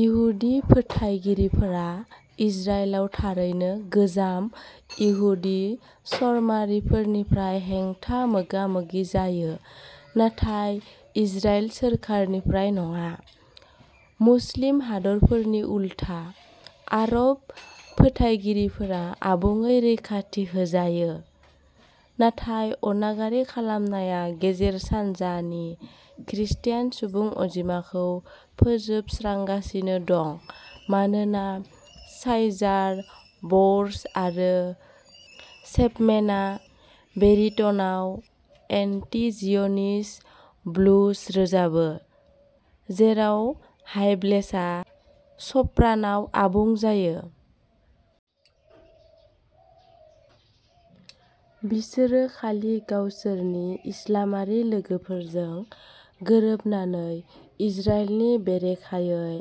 इहुदि फोथायगिरिफोरा इजराइलाव थारैनो गोजाम इहुदि चरमारिफोरनिफ्राय हेंथा मोगा-मोगि जायो, नाथाय इजराइल सरखारनिफ्राय नङा। मुस्लिम हादरफोरनि उलथा, आरब फोथायगिरिफोरा आबुङै रैखाथि होजायो। नाथाय अनागारि खालामनाया गेजेर सानजानि ख्रिस्टियान सुबुं अनजिमाखौ फोजोबस्रांगासिनो दं मानोना साइजार, बर्ज आरो चेपमेनआ बेरिट'नआव एन्टि-जिय'निस्ट ब्लुज रोजाबो, जेराव हाइबेल्सआ सप्रान'आव आबुं जायो। बिसोरो खालि गावसोरनि इस्लामारि लोगोफोरजों गोरोबनानै इजराइलनि बेरेखायै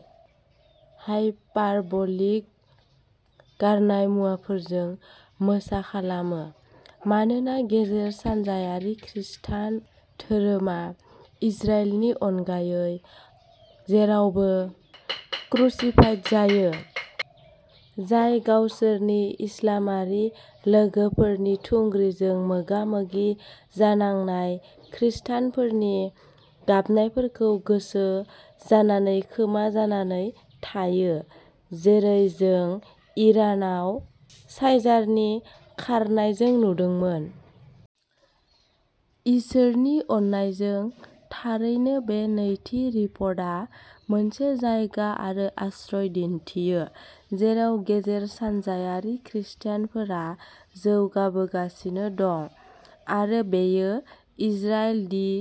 हायपारबलिक गारनाय मुवाफोरजों मोसाखालामो, मानोना गेजेर सानजायारि ख्रिस्टियान धोरोमा इजराइलनि अनगायै जेरावबो क्रुसिफाइड जायो, जाय गावसोरनि इस्लामारि लोगोफोरनि थुंग्रिजों मोगा-मोगि जानांनाय ख्रिस्टियानफोरनि गाबनायफोरखौ गोसो जानानै खोमा जानानै थायो, जेरै जों इरानाव साइजारनि खारनायजों नुदोंमोन। इसोरनि अननायजों, थारैनो बे नैथि रिपर्टआ मोनसे जायगा आरो आश्रय दिन्थियो जेराव गेजेर सानजायारि ख्रिस्टियानफोरा जौगाबोगासिनो दं, आरो बेयो इजराइल-दि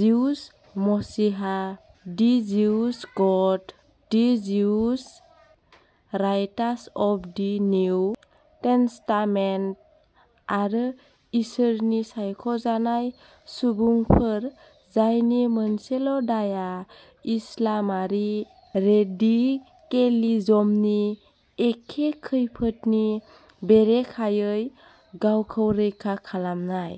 जिउस मसिहा, दि जिउस गड, the Jews writer of the New Testament, आरो इसोरनि सायख'जानाय सुबुंफोर जायनि मोनसेल' दायआ इस्लामारि रेडिकेलिजमनि एखे खैफोदनि बेरेखायै गावखौ रैखा खालामनाय।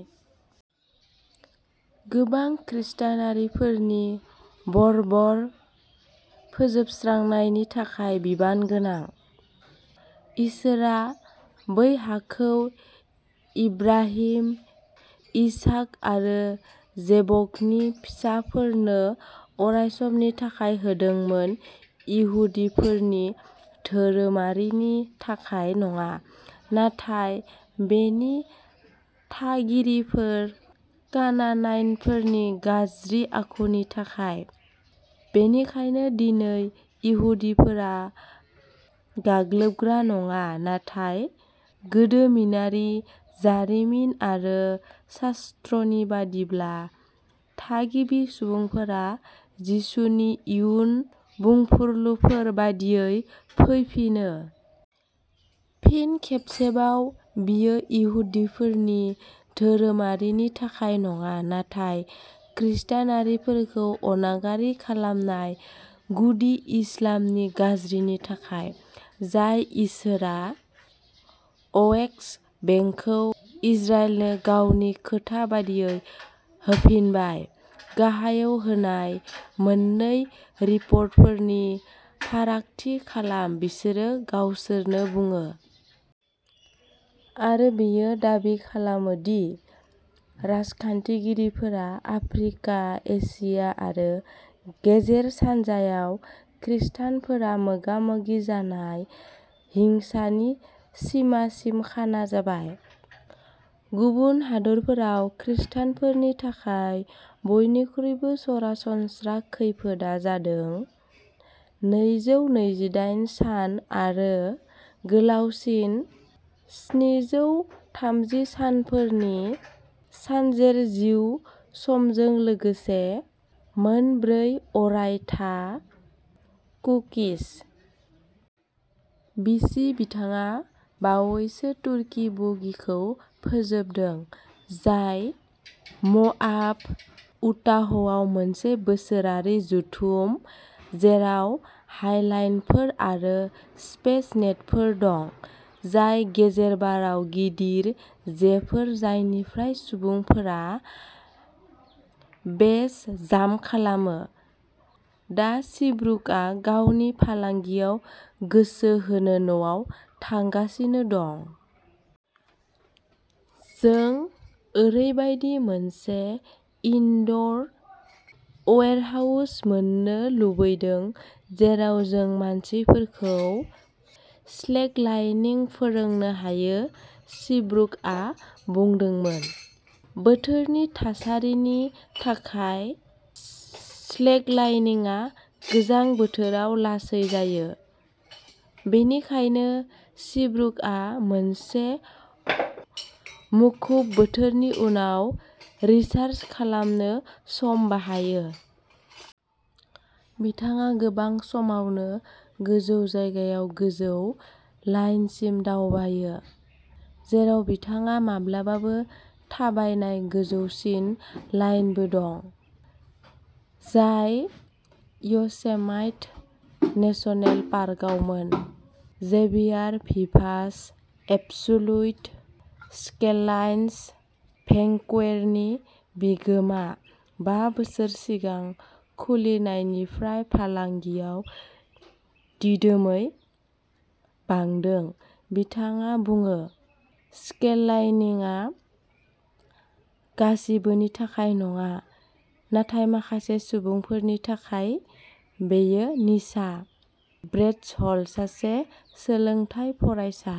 गोबां ख्रिस्टियानफोरनि बर्बर फोजोबस्रांनायनि थाखाय बिबान गोनां। इसोरआ बै हाखौ इब्राहिम, इसहाक आरो जेकबनि फिसाफोरनो अरायसमनि थाखाय होदोंमोन इहुदिफोरनि धोरोमारिनि थाखाय नङा नाथाय बेनि थागिरिफोर कानानाइटफोरनि गाज्रि आखुनि थाखाय। बेनिखायनो दिनै, इहुदिफोरा गाग्लोबग्रा नङा नाथाय गोदोमिनारि, जारिमिन आरो शास्त्रनि बायदिब्ला थागिबि सुबुंफोरा जिसुनि इयुन बुंफुरलुफोर बायदियै फैफिनो। फिन खेबसेबाव, बेयो इहुदिफोरनि धोरोमारिनि थाखाय नङा नाथाय ख्रिस्टियानफोरखौ अनागारि खालामनाय गुदि इस्लामनि गाज्रिनि थाखाय, जाय इसोरआ अवेस्ट बेंकखौ इजराइलनो गावनि खोथा बायदियै होफिनबाय। गाहायाव होनाय मोननै रिपर्टफोरनि फारागथि खालाम बिसोरो गावसोरनो बुङो। आरो बेयो दाबि खालामोदि राजखान्थिगिरिफोरा आफ्रिका, एसिया आरो गेजेर सानजायावख्रिस्टियानफोरा मोगा-मोगि जानाय हिंसानि सिमासिम "खाना" जाबाय। गुबुन हादोरफोराव ख्रिस्टियानफोरनि थाखाय बयनिख्रुइबो सरासनस्रा खैफोदआ जादों नैजौ नैजिदाइन सान आरो गोलावसिन स्निजौ थामजि सानफोरनि सानजेर जिउ समजों लोगोसे मोन ब्रै अरायथा कुकिस। बि. सि. बिथाङा बावैसो "तुर्की बुगी" खौ फोजोबदों, जाय म'आब, उटाहआव मोनसे बोसोरारि जथुम, जेराव हाइलाइनफोर आरो स्पेस नेटफोर दं, जाय गेजेर बाराव गिदिर जेफोर जायनिफ्राय सुबुंफोरा बेस जाम्प खालामो। दा, सिब्रुकआ गावनि फालांगियाव गोसो होनो न'आव थांगासिनो दं। जों ओरैबायदि मोनसे इनड'र अयेरहाउस मोननो लुगैदों जेराव जों मानसिफोरखौ स्लेकलाइनिं फोरोंनो हायो सिब्रुकआ बुंदोंमोन। बोथोरनि थासारिनि थाखाय स्लेकलाइनिंआ गोजां बोथोराव लासै जायो, बेनिखायनो सिब्रुकआ मोनसे मुखुब बोथोरनि उनाव रिचार्ज खालामनो सम बाहायो। बिथाङा गोबां समावनो गोजौ जायगाफोराव गोजौ लाइनसिम दावबायो, जेराव बिथाङा माब्लाबाबो थाबायनाय गोजौसिन लाइनबो दं, जाय य'सेमाइट नेसनेल पार्कआवमोन। जेभियार भिभास, एबसुलुट स्लेकलाइन्स भेंकुवरनि बिगोमा, बा बोसोर सिगां खुलिनायनिफ्राय फालांगियाव दिदोमै बांदों। बिथाङा बुङो स्लेकलाइनिंआ गासिबोनि थाखाय नङा, नाथाय माखासे सुबुंफोरनि थाखाय, बेयो निसा। ब्रेडेन हल्ट, सासे सोलोंथाय फरायसा।